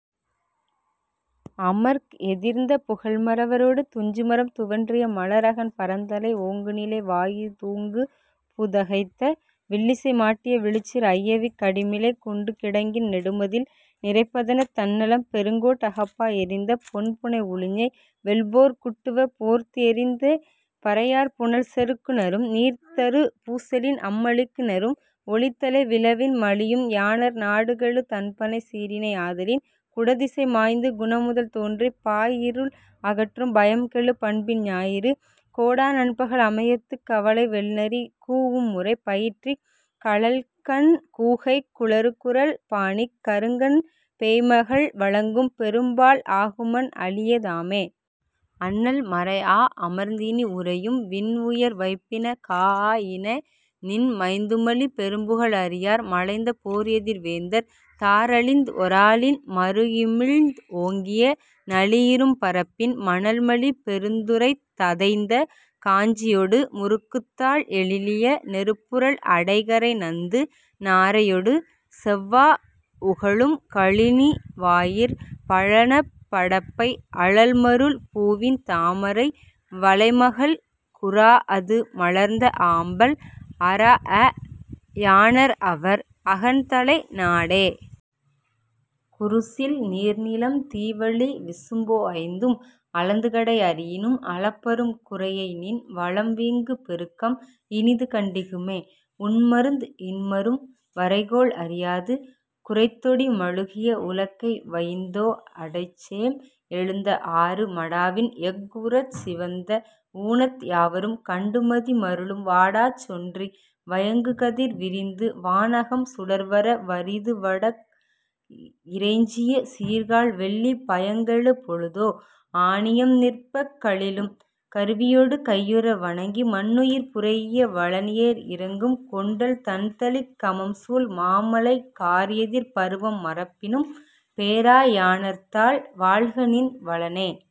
அமர்க்எதிர்ந்த புகல்மறவ ரொடு துஞ்சுமரம் துவன்றிய மலர்அகன் பறந்தலை ஓங்குநிலை வாயிதூங்குபு தகைத்த வில்லிசை மாட்டிய விழுச்சீர் ஐயவிக் கடிமிளைக் குண்டுகிடங்கின் நெடுமதில் நிரைப்பதணத் தண்ணலம் பெருங்கோட் அகப்பா எறிந்த பொன்புனை உழிஞை வெல்போர்க் குட்டுவ போர்த்எறிந்த பறையாற் புனல்செறுக் குநரும் நீர்த்தரு பூசலின் அம்அழிக்கு நரும் ஒலித்தலை விழவின் மலியும் யாணர் நாடுகெழு தண்பனை சீறினை ஆதலின் குடதிசை மாய்ந்து குணம்முதல் தோன்றிப் பாய்இருள் அகற்றும் பயம்கெழு பண்பின் ஞாயிறு கோடா நன்பகல் அமயத்துக் கவலை வெள்நரி கூஉம்முறை பயிற்றிக் கழல்கண் கூகைக் குழறுகுரல் பாணிக் கருங்கண் பேய்மகள் வழங்கும் பெரும்பாழ் ஆகுமன் அளிய தாமே. அண்ணல் மரைஆ அமர்ந்இனி உறையும் விண்உயர் வைப்பின காஆ யினநின் மைந்துமலி பெரும்புகழ் அறியார் மலைந்த போர்எதிர் வேந்தர் தார்அழிந் ஒராலின் மருஇமிழ்ந் ஓங்கிய நளிஇரும் பரப்பின் மணல்மலி பெருந்துறைத் ததைந்த காஞ்சி யொடு முருக்குத்தாழ் எழிலிய நெருப்புறழ் அடைகரை நந்து நாரையொடு செவ்வா உகளும் கழனி வாயிற் பழனப் படப்பை அழல்மருள் பூவின் தாமரை வளைமகள் குறாஅது மலர்ந்த ஆம்பல் அறாஅ யாணர்அவர் அகன்தலை நாடே. குருசில் நீர்நிலம் தீவளி விசும்போ ஐந்தும் அளந்துகடை அறியினும் அளப்பரும் குரையைநின் வளம்வீங்கு பெருக்கம் இனிதுகண் டிகுமே உண்மருந் இன்மரும் வரைகோள் அறியாது குரைத்தொடி மழுகிய உலக்கை வயின்தோ அடைச்சேம் எழுந்த ஆறு மடாவின் எஃஉறச் சிவந்த ஊனத் யாவரும் கண்டுமதி மருளும் வாடாச் சொன்றி வயங்குகதிர் விரிந்து வான்அகம் சுடர்வர வறிதுவடக் இறைஞ்சிய சீர்கால் வெள்ளி பயங்கெழு பொழுதோ ஆநியம் நிற்பக் கலிழும் கருவியொடு கையுற வணங்கி மன்னுயிர் புரைஇய வலன்ஏர் இரங்கும் கொண்டல் தண்தளிக் கமம்சூல் மாமழை கார்எதிர் பருவம் மறப்பினும் பேரா யாணர்த்தால் வாழ்கநின் வளனே.